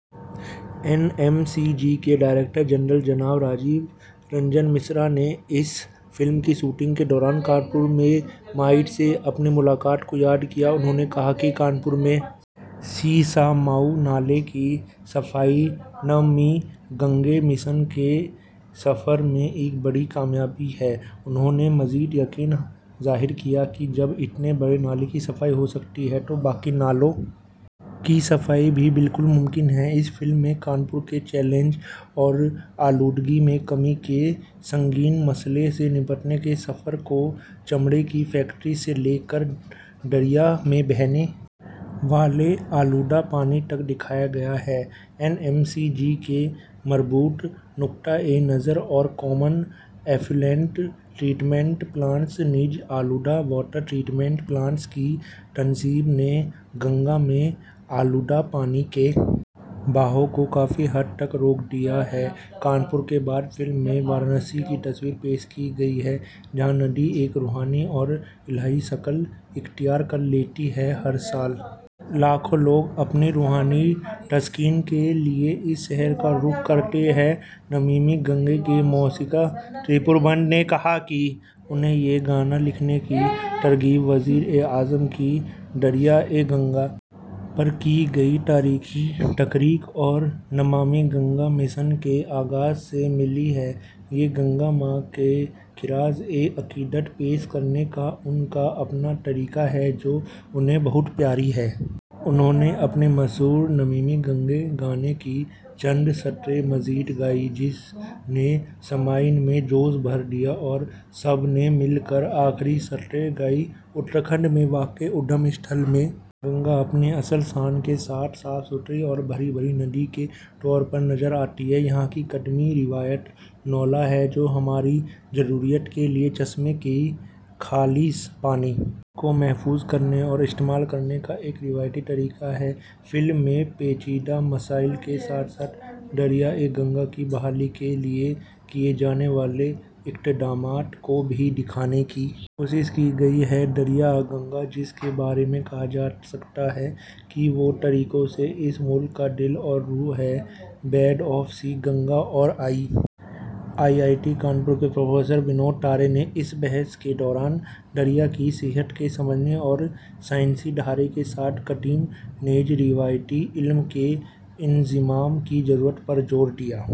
N M C G کے director general جناب راجیو رنجن مشرا نے اس فلم کی شوٹنگ کے دوران کانپور میں مائیک سے اپنی ملاقات کو یاد کیا انہوں نے کہا کہ کانپور میں سیسماؤ نالے کی صفائی نمامی گنگے مشن کے سفر میں ایک بڑی کامیابی ہے انہوں نے مزید یقین ظاہر کیا کہ جب اتنے بڑے نالے کی صفائی ہو سکتی ہے تو باقی نالوں کی صفائی بھی بالکل ممکن ہے اس فلم میں کانپور کے چیلنج اور آلودگی میں کمی کے سنگین مسئلے سے نمٹنے کے سفر کو چمڑے کی فیکٹری سے لے کر دریا میں بہنے والے آلودہ پانی تک دکھایا گیا ہے این ایم سی جی کے مربوط نقطہ نظر اور کامن ایفلوئنٹ ٹریٹمنٹ پلانٹس نیز آلودہ واٹر ٹریٹمنٹ پلانٹس کی تنصیب نے گنگا میں آلودہ پانی کے بہاؤ کو کافی حد تک روک دیا ہے کانپور کے بعد فلم میں وارانسی کی تصویر پیش کی گئی ہے جہاں ندی ایک روحانی اور الہی شکل اختیار کر لیتی ہے ہر سال لاکھوں لوگ اپنی روحانی تسکین کے لیے اس شہر کا رخ کرتے ہیں نمامی گنگے کے موسیقار تریچور بندھو نے کہا کہ انہیں یہ گانا لکھنے کی ترغیب وزیر اعظم کی دریائے گنگا پر کی گئی تاریخی تقریر اور نمامی گنگا مشن کے آغاز سے ملی ہے یہ گنگا ماں کو خراج عقیدت پیش کرنے کا ان کا اپنا طریقہ ہے جو انہیں بہت پیاری ہے انہوں نے اپنے مشہور نمامی گنگے گانے کی چند سطریں مزید گائیں جس نے سامعین میں جوش بھر دیا اور سب نے مل کر آخری سطریں گائیں اتراکھنڈ میں واقع ادگم استھل میں گنگا اپنی اصل شان کے ساتھ صاف ستھری اور ہری بھری ندی کے طور پر نظر آتی ہے یہاں کی قدیم روایت نولہ ہے جو ہماری ضروریات کے لیے چشمے کے خالص پانی کو محفوظ کرنے اور استعمال کرنے کا ایک روایتی طریقہ ہے اس فلم میں پیچیدہ مسائل کے ساتھ ساتھ دریائے گنگا کی بحالی کے لیے کیے جانے والے اقدامات کو بھی دکھانے کی کوشش کی گئی ہے دریائے گنگا جس کے بارے میں کہا جا سکتا ہے کہ وہ کئی طریقوں سے اس ملک کا دل اور روح ہے ہیڈ آف سی گنگا اور آئی آئی ٹی کانپور کے پروفیسر ونود تارے نے اس بحث کے دوران دریا کی صحت کو سمجھنے اور سائنسی دھارے کے ساتھ قدیم نیز روایتی علم کے انضمام کی ضرورت پر زور دیا